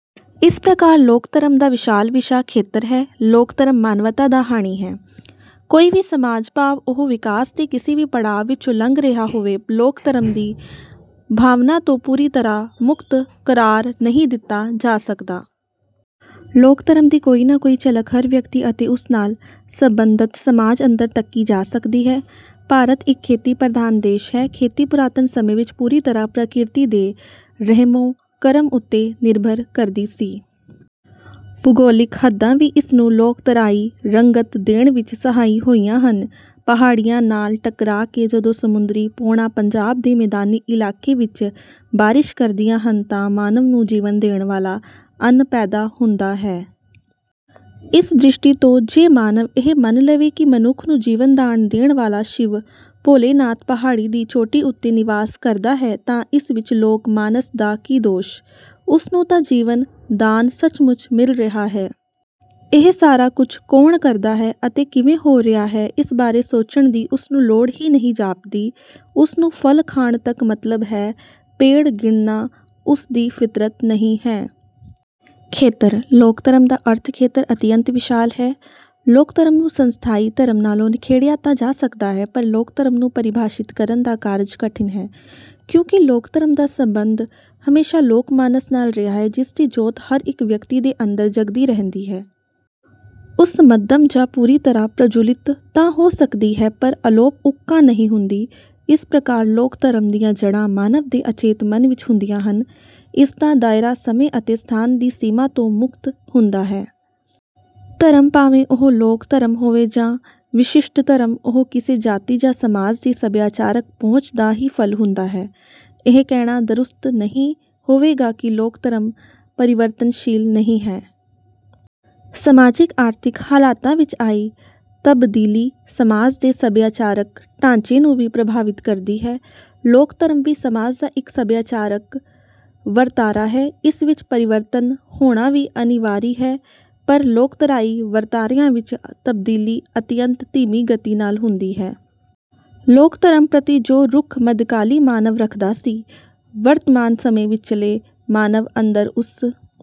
ਇਸ ਪ੍ਰਕਾਰ ਲੋਕ ਧਰਮ ਦਾ ਵਿਸ਼ਾਲ ਵਿਸ਼ਾ ਖੇਤਰ ਹੈ। ਲੋਕ ਧਰਮ ਮਾਨਵਤਾ ਦਾ ਹਾਣੀ ਹੈ। ਕੋਈ ਵੀ ਸਮਾਜ ਭਾਵ ਉਹ ਵਿਕਾਸ ਦੇ ਕਿਸੇ ਵੀ ਪੜਾਅ ਵਿੱਚੋਂ ਲੰਘ ਰਿਹਾ ਹੋਵੇ ਲੋਕ ਧਰਮ ਦੀ ਭਾਵਨਾ ਤੋਂ ਪੂਰੀ ਤਰ੍ਹਾਂ ਮੁਕਤ ਕਰਾਰ ਨਹੀਂ ਦਿੱਤਾ ਜਾ ਸਕਦਾ। ਲੋਕ ਧਰਮ ਦੀ ਕੋਈ ਨਾ ਕੋਈ ਝਲਕ ਹਰ ਵਿਅਕਤੀ ਅਤੇ ਉਸ ਨਾਲ ਸੰਬੰਧਤ ਸਮਾਜ ਅੰਦਰ ਤੱਕੀ ਜਾ ਸਕਦੀ ਹੈ। ਭਾਰਤ ਇੱਕ ਖੇਤੀ ਪ੍ਰਧਾਨ ਦੇਸ਼ ਹੈ। ਖੇਤੀ ਪੁਰਾਤਨ ਸਮੇਂ ਵਿੱਚ ਪੂਰੀ ਤਰ੍ਹਾਂ ਪ੍ਰਕਿਰਤੀ ਦੇ ਰਹਿਮੋ ਕਰਮ ਉੱਤੇ ਨਿਰਭਰ ਕਰਦੀ ਸੀ। ਭੂਗੋਲਿਕ ਹੱਦਾਂ ਵੀ ਇਸ ਨੂੰ ਲੋਕਧਾਰਾਈ ਰੰਗਤ ਦੇਣ ਵਿੱਚ ਸਹਾਈ ਹੋਈਆਂ ਹਨ। ਪਹਾੜੀਆਂ ਨਾਲ ਟਕਰਾ ਕੇ ਜਦੋਂ ਸਮੁੰਦਰੀ ਪੌਣਾਂ ਪੰਜਾਬ ਦੇ ਮੈਦਾਨੀ ਇਲਾਕੇ ਵਿੱਚ ਬਾਰਿਸ਼ ਕਰਦੀਆਂ ਹਨ ਤਾਂ ਮਾਨਵ ਨੂੰ ਜੀਵਨ ਦੇਣ ਵਾਲਾ ਅੰਨ ਪੈਦਾ ਹੁੰਦਾ ਹੈ। ਇਸ ਦ੍ਰਿਸ਼ਟੀ ਤੋਂ ਜੇ ਮਾਨਵ ਇਹ ਮੰਨ ਲਵੇ ਕਿ ਮਨੁੱਖ ਨੂੰ ਜੀਵਨ ਦਾਨ ਦੇਣ ਵਾਲਾ ਸ਼ਿਵ ਭੋਲੇਨਾਥ ਪਹਾੜੀ ਦੀ ਚੋਟੀ ਉਤੇ ਨਿਵਾਸ ਕਰਦਾ ਹੈ ਤਾਂ ਇਸ ਵਿੱਚ ਲੋਕ ਮਾਨਸ ਦਾ ਕੀ ਦੋਸ਼। ਉਸ ਨੂੰ ਤਾਂ ਜੀਵਨ ਦਾਨ ਸਚਮੁੱਚ ਮਿਲ ਰਿਹਾ ਹੈ। ਇਹ ਸਾਰਾ ਕੁੱਝ ਕੌਣ ਕਰਦਾ ਹੈ ਅਤੇ ਕਿਵੇਂ ਹੋ ਰਿਹਾ ਹੈ। ਇਸ ਬਾਰੇ ਸੋਚਣ ਦੀ ਉਸ ਨੂੰ ਲੋੜ ਹੀ ਨਹੀਂ ਜਾਪਦੀ। ਉਸ ਨੂੰ ਫਲ ਖਾਣ ਤੱਕ ਮਤਲਬ ਹੈ ਪੇੜ ਗਿਣਨਾ ਉਸ ਦੀ ਫਿਤਰਤ ਨਹੀਂ ਹੈ। ਖੇਤਰ। ਲੋਕ ਧਰਮ ਦਾ ਅਰਥ ਖੇਤਰ ਅਤਿਅੰਤ ਵਿਸ਼ਾਲ ਹੈ। ਲੋਕ ਧਰਮ ਨੂੰ ਸੰਸਥਾਈ ਧਰਮ ਨਾਲੋਂ ਨਿਖੇੜਿਆ ਤਾਂ ਜਾ ਸਕਦਾ ਹੈ ਪਰ ਲੋਕ ਧਰਮ ਨੂੰ ਪਰਿਭਾਸ਼ਿਤ ਕਰਨ ਦਾ ਕਾਰਜ ਕਠਿਨ ਹੈ। ਕਿਉਂਕਿ ਲੋਕ ਧਰਮ ਦਾ ਸਬੰਧ ਹਮੇਸ਼ਾ ਲੋਕ ਮਾਨਸ ਨਾਲ ਰਿਹਾ ਹੈ ਜਿਸ ਦੀ ਜੋਤ ਹਰ ਇੱਕ ਵਿਅਕਤੀ ਦੇ ਅੰਦਰ ਜਗਦੀ ਰਹਿੰਦੀ ਹੈ। ਉਸ ਮੱਧਮ ਜਾਂ ਪੂਰੀ ਤਰ੍ਹਾਂ ਪ੍ਰਜੁਲਿਤ ਤਾਂ ਹੋ ਸਕਦੀ ਹੈ ਪਰ ਅਲੋਪ ਉੱਕਾ ਨਹੀਂ ਹੁੰਦੀ। ਇਸ ਪ੍ਰਕਾਰ ਲੋਕ ਧਰਮ ਦੀਆਂ ਜੜ੍ਹਾਂ ਮਾਨਵ ਦੇ ਅਚੇਤ ਮਨ ਵਿੱਚ ਹੁੰਦੀਆਂ ਹਨ। ਇਸਦਾ ਦਾਇਰਾ ਸਮੇਂ ਅਤੇ ਸਥਾਨ ਦੀ ਸੀਮਾ ਤੋਂ ਮੁਕਤ ਹੁੰਦਾ ਹੈ। ਧਰਮ ਭਾਵੇਂ ਉਹ ਲੋਕ ਧਰਮ ਹੋਵੇ ਜਾਂ ਵਿਸ਼ਿਸ਼ਟ ਧਰਮ ਉਹ ਕਿਸੇ ਜਾਤੀ ਜਾਂ ਸਮਾਜ ਦੀ ਸਭਿਆਚਾਰਕ ਪਹੁੰਚ ਦਾ ਹੀ ਫਲ ਹੁੰਦਾ ਹੈ। ਇਹ ਕਹਿਣਾ ਦਰੁਸਤ ਨਹੀਂ ਹੋਵੇਗਾ ਕਿ ਲੋਕ ਧਰਮ ਪਰਿਵਰਤਨਸ਼ੀਲ ਨਹੀਂ ਹੈ। ਸਮਾਜਿਕ ਆਰਥਿਕ ਹਾਲਾਤਾਂ ਵਿੱਚ ਆਈ ਤਬਦੀਲੀ ਸਮਾਜ ਦੇ ਸਭਿਆਚਾਰਕ ਢਾਂਚੇ ਨੂੰ ਵੀ ਪ੍ਰਭਾਵਿਤ ਕਰਦੀ ਹੈ। ਲੋਕ ਧਰਮ ਵੀ ਸਮਾਜ ਦਾ ਇੱਕ ਸਭਿਆਚਾਰਕ ਵਰਤਾਰਾ ਹੈ। ਇਸ ਵਿੱਚ ਪਰਿਵਰਤਨ ਹੋਣਾ ਵੀ ਅਨਿਵਾਰੀ ਹੈ ਪਰ ਲੋਕਧਾਰਾਈ ਵਰਤਾਰਿਆਂ ਵਿੱਚ ਤਬਦੀਲੀ ਅਤਿਅੰਤ ਧੀਮੀ ਗਤੀ ਨਾਲ ਹੁੰਦੀ ਹੈ। ਲੋਕ ਧਰਮ ਪ੍ਰਤੀ ਜੋ ਰੁਖ ਮੱਧਕਾਲੀ ਮਾਨਵ ਰੱਖਦਾ ਸੀ ਵਰਤਮਾਨ ਸਮੇਂ ਵਿੱਚਲੇ ਮਾਨਵ ਅੰਦਰ ਉਸ